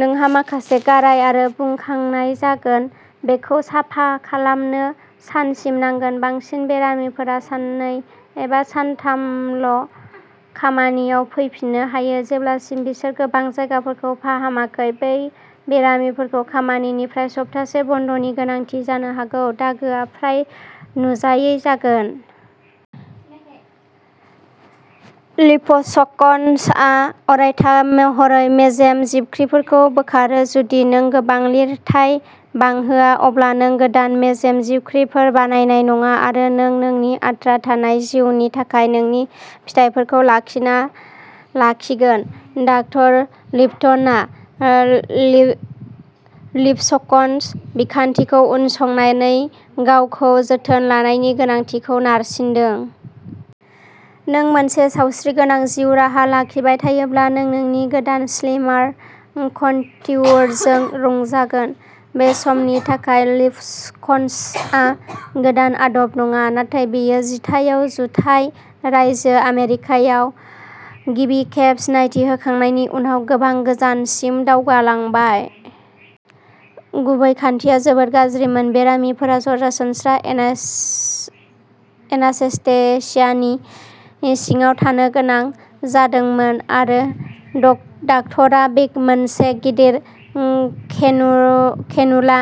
नोंहा माखासे गाराय आरो बुखांनाय जागोन; बेखौ साफा खालामनो सानसिम नांगोन। बांसिन बेरामिफोरा साननै एबा सानथामावल'खामानियाव फैफिननो हायो, जेब्लासिम बिसोर गोबां जायगाफोरखौ फाहामाखै। बै बेरामिफोरखौ खामानिनिफ्राय सप्तासे बन्दनि गोनांथि जानो हागौ। दागोआ फ्राय नुजायै जागोन। लिप'सकसनआ अरायथा महरै मेजेम जिबख्रिफोरखौ बोखारो। जुदि नों गोबां लिरथाय बांहोआ, अब्ला नों गोदान मेजेम जिबख्रिफोर बानायनाय नङा आरो नों नोंनि आद्रा थानाय जिउनि थाखाय नोंनि फिथायफोरखौ लाखिना लाखिगोन। डा. लिपटनआ लिप'सकसन बिखान्थिखौ उनसंनानै गावखौ जोथोन लानायनि गोनांथिखौ नारसिनदों। नों मोनसे सावस्रिगोनां जिउ राहा लाखिबाय थायोब्ला, नों नोंनि गोदान स्लिमार कनट्युरजों रंजागोन। बे समनि थाखाय। लिप'सक्सनआ गोदान आदब नङा, नाथाय बेयो जिथाइयाव जुथाइ रायजो आमेरिकायाव गिबि खेब सिनायथि होखांनायनि उनाव गोबां गोजानसिम दावगालांबाय। गुबै खान्थिया जोबोद गाज्रिमोन। बेरामिफोरा सरासनस्रा एना एनास्थेसियानि सिङाव थानो गोनां जादोंमोन, आरो डक डाक्ट'रा मोनसे गिदिर केनु केनुला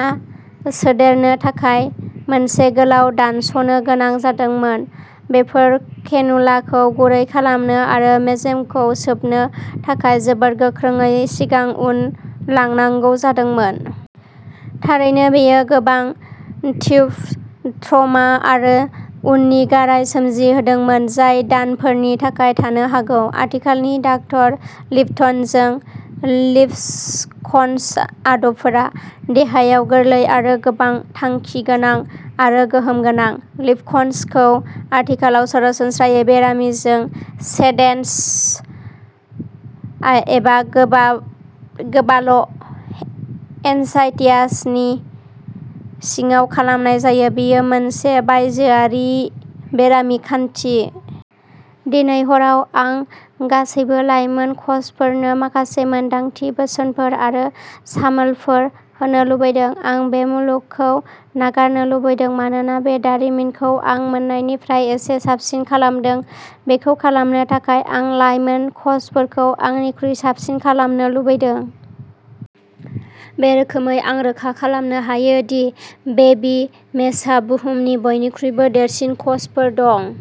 सोदेरनो थाखाय मोनसे गोलाव दानस'नो गोनां जादोंमोन। बेफोर केनुलाखौ गुरै खालामनो आरो मेजेमखौ सोबनो थाखाय जोबोद गोख्रोङै सिगां-उन लांनांगौ जादोंमोन। थारैनो, बेयो गोबां टिस्यु ट्रमा आरो उननि गाराय सोमजिहोदोंमोन जाय दानफोरनि थाखाय थानो हागौ। आथिखालनि डॉ. लिप्टनजों लिप'सक्सन आदबफोरा देहायाव गोरलै आरो गोबां थांखिगोनां आरो गोहोम गोनां। लिप'सक्सनखौ आथिखालाव सरासनस्रायै बेरामिजों सेडेन सेडेशन एबा गोबा "गोबाल'" एनास्थेसियानि सिङाव खालामनाय जायो; बेयो मोनसे बायजोआरि बेरामि खान्थि। दिनै हराव आं गासैबो लाइमोन कचफोरनो माखासे मोनदांथि, बोसोनफोर आरो सामोलफोर होनो लुबैदों। आं बे मुलुगखौ नागारनो लुबैदों, मानोना बे दारिमिनखौ आं मोन्नायनिफ्राय एसे साबसिन खालामदोंमोन। बेखौ खालामनो थाखाय आं लाइमोन कचफोरखौ आंनिख्रुइ साबसिन खालामनो लुबैदों। बे रोखोमै आं रोखा खालामनो हायो दि बेबी मेशहा बुहुमनि बयनिख्रुइबो देरसिन कचफोर दं।